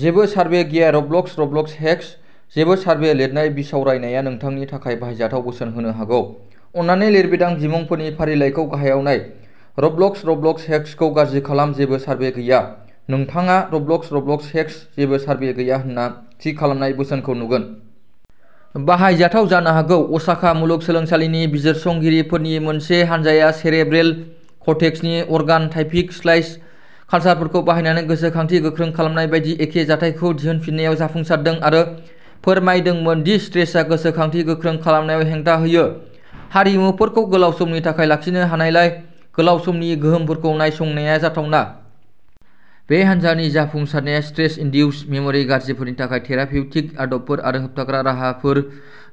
जेबो सारभे गैया। रबलक्स रबलक्स हेक्स जेबो सारभे लिरनाय बिसावरायनाया नोंथांनि थाखाय बाहायजाथाव बोसोन होनो हागौ। अन्नानै लिरबिदां बिमुंफोरनि फारिलाइखौ गाहायाव नाय, रबलक्स रबलक्स हेक्सखौ गाज्रि खालाम जेबो सारभे गैया। नोंथाङा रबलक्स रबलक्स हेक्स जेबो सारभे गैया होन्ना थि खालामनाय बोसोनखौ नुगोन। बाहायजाथाव जानो हागौ। असाका मुलुगसोलोंसालिनि बिजिरसंगिरिफोरनि मोनसे हानजाया सेरेब्रेल कर्टेक्सनि अर्गान' टाइपिक स्लाइस कालसारफोरखौ बाहायनानै गोसोखांथि गोख्रों खालामनाय बायदि एखे जाथायखौ दिहुनफिननायाव जाफुंसारदों आरो फोरमायदोंमोन दि स्ट्रेसआ गोसोखांथि गोख्रों खालामनायाव हेंथा होयो। हारिमुफोरखौ गोलाव समनि थाखाय लाखिनो हानायलाय, गोलाव समनि गोहोमफोरखौ नायसंनाया जाथावना। बे हान्जानि जाफुंसारनाया स्ट्रेस इनडिउस्ड मेम'रि गाज्रिफोरनि थाखाय थेरापिउटिक आदबफोर आरो होबथाग्रा राहाफोर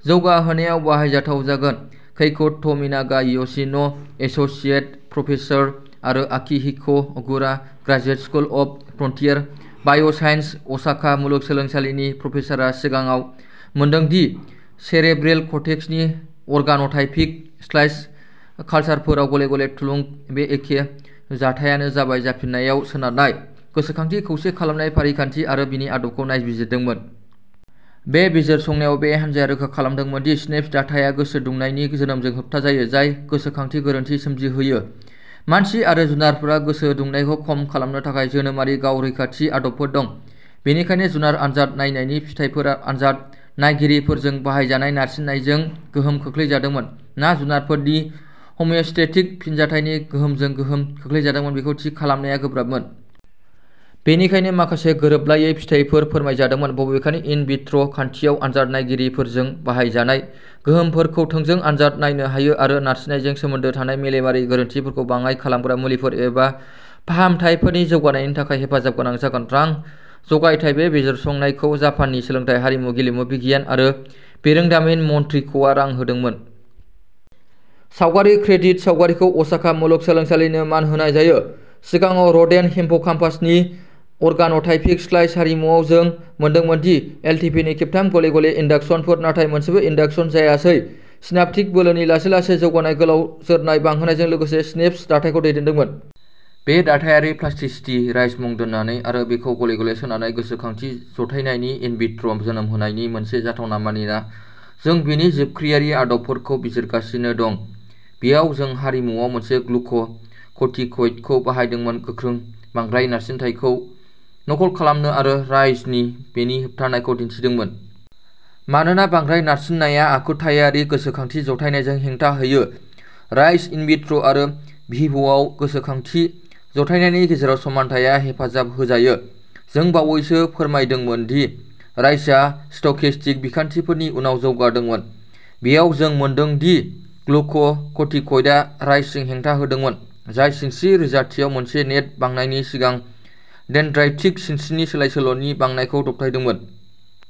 जौगाहोनायाव बाहायजाथाव जागोन। केइक'ट'मिनागा य'शिन', एस'सिएट प्रफेसार आरो Akihiko Ogura, graduate school of frontier biosciences, Osaka मुलुगसोलोंसालिनि प्रफेसारआ सिगाङाव मोनदों दि सेरेब्रेल कर्टेक्सनि अर्गान'टाइपिक स्लाइस कालसारफोराव गले गले थुलुंग बे एखे जाथायानो जाबाय जाफिननायाव सोनारनाय गोसोखांथि खौसे खालामनाय फारिखान्थि आरो बेनि आदबखौ नायबिजिरदोंमोन। बे बिजिरसंनायाव बे हान्जाया रोखा खालामदोंमोन दि सिनैप्स दाथाया गोसो दुंथायनि जोनोमजों होबथाजायो, जाय गोसोखांथि गोरोन्थि सोमजिहोयो। मानसि आरो जुनारफोरहा गोसो दुंनायखौ खम खालामनो थाखाय जोनोमारि गाव रैखाथि आदबफोर दं। बेनिखायनो जुनार आनजाद नायनायनि फिथाइफोरा आनजाद नायगिरिफोरजों बाहायजानाय नारसिननायजों गोहोम खोख्लैजादोंमोन ना जुनारफोरनि हमिअस्टेटिक फिनजाथायनि गोहोमजों गोहोम खोख्लैजादोंमोन बेखौ थि खालामनाया गोब्राबमोन। बेनिखायनो, माखासे गोरोबलायै फिथायफोर फोरमायजादोंमोन। बबेखानि, इन विट्रो खान्थियाव, आनजाद नायगिरिफोरजों बाहायजानाय गोहोमफोरखौ थोंजों आनजाद नायनो हायो आरो नारसिननायजों सोमोन्दो थानाय मेलेमारि गोरोन्थिफोरखौ बाङाइ खालामग्रा मुलिफोर एबा फाहामथायफोरनि जौगानायनि थाखाय हेफाजाबगोनां जागोन। रां जगायथाय बे बिजिरसंनायखौ जापाननि सोलोंथाय, हारिमु, गेलेमु, बिगियान आरो बिरोंदामिन मन्थ्रिख'आ रां होदोंमोन। सावगारि क्रेदिट, सावगारिखौ असाका मुलुगसोलोंसालिनो मान होनाय जायो। सिगाङाव, रोदेन्ट हिप्पोकाम्पासनि अर्गान'टाइपिक स्लाइस हारिमुआव जों मोनदोंमोन दि एलटिपिनि खेबथाम गले गले इन्डाकसनफोर, नाथाय मोनसेबो इन्डाकसन जायासै, सिनाप्टिक बोलोनि लासै लासै जौगानाय गोलाव जोरनाय बांहोनायजों लोगोसे सिनेप्स दाथायखौ दैदेनदोंमोन। बे दाथायारि प्लास्टिसिटि राइज मुं दोननानै आरो बेखौ गले गले सोनारनाय गोसोखांथि जथायनायनि इनविट्र' जोनोम होनायनि मोनसे जाथावना मानिना, जों बेनि जिबख्रिआरि आदबफोरखौ बिजिरगासिनो दं। बेयाव, जों हारिमुआव मोनसे ग्लुक' कर्टिकइडखौ बाहायदोंमोन गोख्रों बांद्राय नारसिनथायखौ नखल खालामनो आरो राइजनि बेनि होबथानायखौ दिन्थिदोंमोन। मानोना बांद्राय नारसिननाया आखुथायारि गोसोखांथि जथायनायजों हेंथा होयो, राइज इन विट्र' आरो भिभ'आव गोसोखांथि जथायनायनि गेजेराव समानथायआ हेफाजाब होजायो। जों बावैसो फोरमायदोंमोन दि राइजआ स्टकेस्टिक बिखान्थिफोरनि उनाव जौगादोंमोन। बेयाव जों मोनदों दि ग्लुक' कर्टिकइडआ राइजजों हेंथा होदोंमोन, जाय सिनस्रि रोजाथियाव मोनसे नेट बांनायनि सिगां डेनड्राइटिक सिनस्रिनि सोलाय सोल'नि बांनायखौ दबथायदोंमोन।